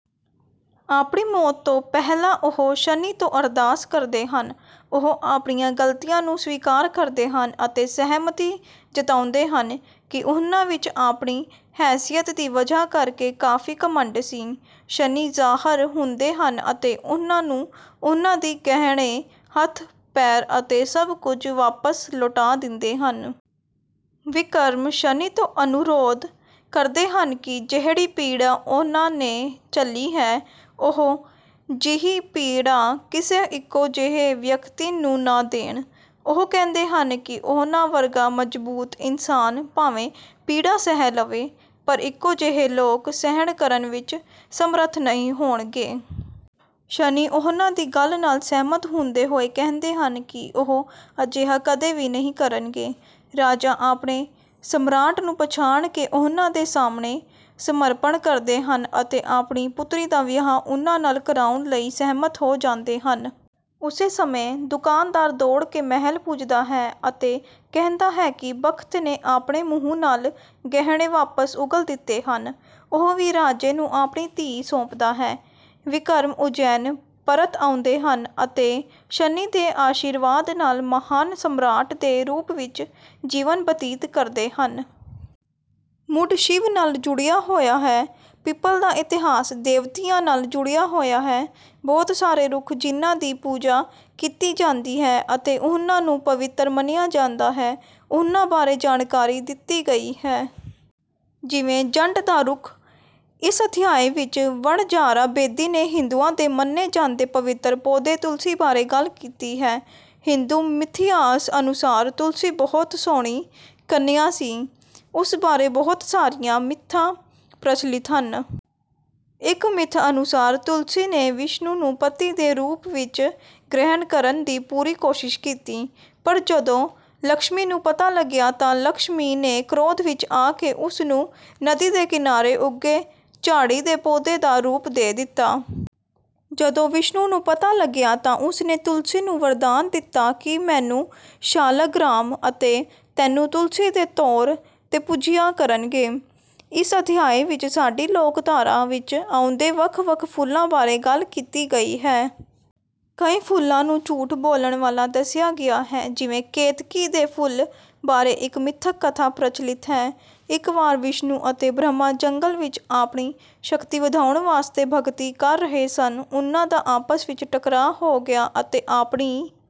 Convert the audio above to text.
ਆਪਣੀ ਮੌਤ ਤੋਂ ਪਹਿਲਾਂ ਉਹ ਸ਼ਨੀ ਤੋਂ ਅਰਦਾਸ ਕਰਦੇ ਹਨ। ਉਹ ਆਪਣੀਆਂ ਗਲਤੀਆਂ ਨੂੰ ਸਵੀਕਾਰ ਕਰਦੇ ਹਨ ਅਤੇ ਸਹਿਮਤੀ ਜਤਾਉਂਦੇ ਹਨ ਕਿ ਉਨ੍ਹਾਂ ਵਿੱਚ ਆਪਣੀ ਹੈਸੀਅਤ ਦੀ ਵਜ੍ਹਾ ਕਰਕੇ ਕਾਫ਼ੀ ਘਮੰਡ ਸੀ। ਸ਼ਨੀ ਜ਼ਾਹਰ ਹੁੰਦੇ ਹਨ ਅਤੇ ਉਨ੍ਹਾਂ ਨੂੰ ਉਨ੍ਹਾਂ ਦੇ ਗਹਿਣੇ, ਹੱਥ, ਪੈਰ ਅਤੇ ਸਭ ਕੁਝ ਵਾਪਸ ਲੌਟਾ ਦਿੰਦੇ ਹਨ। ਵਿਕਰਮ ਸ਼ਨੀ ਤੋਂ ਅਨੁਰੋਧ ਕਰਦੇ ਹਨ ਕਿ ਜਿਹੜੀ ਪੀੜਾ ਉਨ੍ਹਾਂ ਨੇ ਝੱਲੀ ਹੈ, ਉਹੋ ਜਿਹੀ ਪੀੜਾ ਕਿਸੇ ਇੱਕੋ ਜਿਹੇ ਵਿਅਕਤੀ ਨੂੰ ਨਾ ਦੇਣ। ਉਹ ਕਹਿੰਦੇ ਹਨ ਕਿ ਉਨ੍ਹਾਂ ਵਰਗਾ ਮਜ਼ਬੂਤ ਇਨਸਾਨ ਭਾਵੇਂ ਪੀੜਾ ਸਹਿ ਲਵੇ, ਪਰ ਇੱਕੋ ਜਿਹੇ ਲੋਕ ਸਹਿਣ ਕਰਨ ਵਿੱਚ ਸਮਰੱਥ ਨਹੀਂ ਹੋਣਗੇ। ਸ਼ਨੀ ਉਨ੍ਹਾਂ ਦੀ ਗੱਲ ਨਾਲ ਸਹਿਮਤ ਹੁੰਦੇ ਹੋਏ ਕਹਿੰਦੇ ਹਨ ਕਿ ਉਹ ਅਜਿਹਾ ਕਦੇ ਵੀ ਨਹੀਂ ਕਰਨਗੇ। ਰਾਜਾ ਆਪਣੇ ਸਮਰਾਟ ਨੂੰ ਪਛਾਣ ਕੇ ਉਨ੍ਹਾਂ ਦੇ ਸਾਹਮਣੇ ਸਮਰਪਣ ਕਰਦੇ ਹਨ ਅਤੇ ਆਪਣੀ ਪੁਤਰੀ ਦਾ ਵਿਆਹ ਉਨ੍ਹਾਂ ਨਾਲ ਕਰਾਉਣ ਲਈ ਸਹਿਮਤ ਹੋ ਜਾਂਦੇ ਹਨ। ਉਸੇ ਸਮੇਂ, ਦੁਕਾਨਦਾਰ ਦੌੜ ਕੇ ਮਹਿਲ ਪੁੱਜਦਾ ਹੈ ਅਤੇ ਕਹਿੰਦਾ ਹੈ ਕਿ ਬੱਤਖ਼ ਨੇ ਆਪਣੇ ਮੂੰਹ ਨਾਲ ਗਹਿਣੇ ਵਾਪਸ ਉਗਲ ਦਿੱਤੇ ਹਨ। ਉਹ ਵੀ ਰਾਜੇ ਨੂੰ ਆਪਣੀ ਧੀ ਸੌਂਪਦਾ ਹੈ। ਵਿਕਰਮ ਉੱਜੈਨ ਪਰਤ ਆਉਂਦੇ ਹਨ ਅਤੇ ਸ਼ਨੀ ਦੇ ਆਸ਼ੀਰਵਾਦ ਨਾਲ ਮਹਾਨ ਸਮਰਾਟ ਦੇ ਰੂਪ ਵਿੱਚ ਜੀਵਨ ਬਤੀਤ ਕਰਦੇ ਹਨ। ਮੁਢ ਸ਼ਿਵ ਨਾਲ ਜੁੜਿਆ ਹੋਇਆ ਹੈ। ਪਿੱਪਲ ਦਾ ਇਤਿਹਾਸ ਦੇਵਤਿਆਂ ਨਾਲ ਜੁੜਿਆ ਹੋਇਆ ਹੈ। ਬਹੁਤ ਸਾਰੇ ਰੁੱਖ ਜਿਨ੍ਹਾਂ ਦੀ ਪੂਜਾ ਕੀਤੀ ਜਾਂਦੀ ਹੈ ਅਤੇ ਉਨ੍ਹਾਂ ਨੂੰ ਪਵਿੱਤਰ ਮੰਨਿਆ ਜਾਂਦਾ ਹੈ, ਉਨ੍ਹਾਂ ਬਾਰੇ ਜਾਣਕਾਰੀ ਦਿੱਤੀ ਗਈ ਹੈ। ਜਿਵੇਂ ਜੰਡ ਦਾ ਰੁੱਖ। ਇਸ ਅਧਿਆਇ ਵਿੱਚ ਵਣਜਾਰਾ ਬੇਦੀ ਨੇ ਹਿੰਦੂਆਂ ਦੇ ਮੰਨੇ ਜਾਂਦੇ ਪਵਿੱਤਰ ਪੌਦੇ ਤੁਲਸੀ ਬਾਰੇ ਗੱਲ ਕੀਤੀ ਹੈ। ਹਿੰਦੂ ਮਿਥਿਹਾਸ ਅਨੁਸਾਰ ਤੁਲਸੀ ਬਹੁਤ ਸੋਹਣੀ ਕੰਨਿਆ ਸੀ। ਉਸ ਬਾਰੇ ਬਹੁਤ ਸਾਰੀਆਂ ਮਿੱਥਾਂ ਪ੍ਰਚਲਿਤ ਹਨ। ਇੱਕ ਮਿੱਥ ਅਨੁਸਾਰ ਤੁਲਸੀ ਨੇ ਵਿਸ਼ਨੂੰ ਨੂੰ ਪਤੀ ਦੇ ਰੂਪ ਵਿੱਚ ਗ੍ਰਹਿਣ ਕਰਨ ਦੀ ਪੂਰੀ ਕੋਸ਼ਿਸ਼ ਕੀਤੀ, ਪਰ ਜਦੋਂ ਲਕਸ਼ਮੀ ਨੂੰ ਪਤਾ ਲੱਗਿਆ ਤਾਂ ਲਕਸ਼ਮੀ ਨੇ ਕ੍ਰੋਧ ਵਿੱਚ ਆ ਕੇ ਉਸ ਨੂੰ ਨਦੀ ਦੇ ਕਿਨਾਰੇ ਉੱਗੇ ਝਾੜੀ ਦੇ ਪੌਦੇ ਦਾ ਰੂਪ ਦੇ ਦਿੱਤਾ। ਜਦੋਂ ਵਿਸ਼ਨੂੰ ਨੂੰ ਪਤਾ ਲੱਗਿਆ ਤਾਂ ਉਸ ਨੇ ਤੁਲਸੀ ਨੂੰ ਵਰਦਾਨ ਦਿੱਤਾ ਕਿ ਮੈਨੂੰ ਸ਼ਾਲਗਰਾਮ ਅਤੇ ਤੈਨੂੰ ਤੁਲਸੀ ਦੇ ਤੌਰ 'ਤੇ ਪੂਜਿਆ ਕਰਨਗੇ। ਇਸ ਅਧਿਆਇ ਵਿੱਚ ਸਾਡੀ ਲੋਕਧਾਰਾ ਵਿੱਚ ਆਉਂਦੇ ਵੱਖ-ਵੱਖ ਫੁੱਲਾਂ ਬਾਰੇ ਗੱਲ ਕੀਤੀ ਗਈ ਹੈ। ਕਈ ਫੁੱਲਾਂ ਨੂੰ ਝੂਠ ਬੋਲਣ ਵਾਲਾ ਦੱਸਿਆ ਗਿਆ ਹੈ। ਜਿਵੇਂ ਕੇਤਕੀ ਦੇ ਫੁੱਲ ਬਾਰੇ ਇੱਕ ਮਿਥਕ ਕਥਾ ਪ੍ਰਚਲਿਤ ਹੈ। ਇੱਕ ਵਾਰ ਵਿਸ਼ਨੂੰ ਅਤੇ ਬ੍ਰਹਮਾ ਜੰਗਲ ਵਿੱਚ ਆਪਣੀ ਸ਼ਕਤੀ ਵਧਾਉਣ ਵਾਸਤੇ ਭਗਤੀ ਕਰ ਰਹੇ ਸਨ। ਉਨ੍ਹਾਂ ਦਾ ਆਪਸ ਵਿੱਚ ਟਕਰਾਅ ਹੋ ਗਿਆ ਅਤੇ ਆਪਣੀ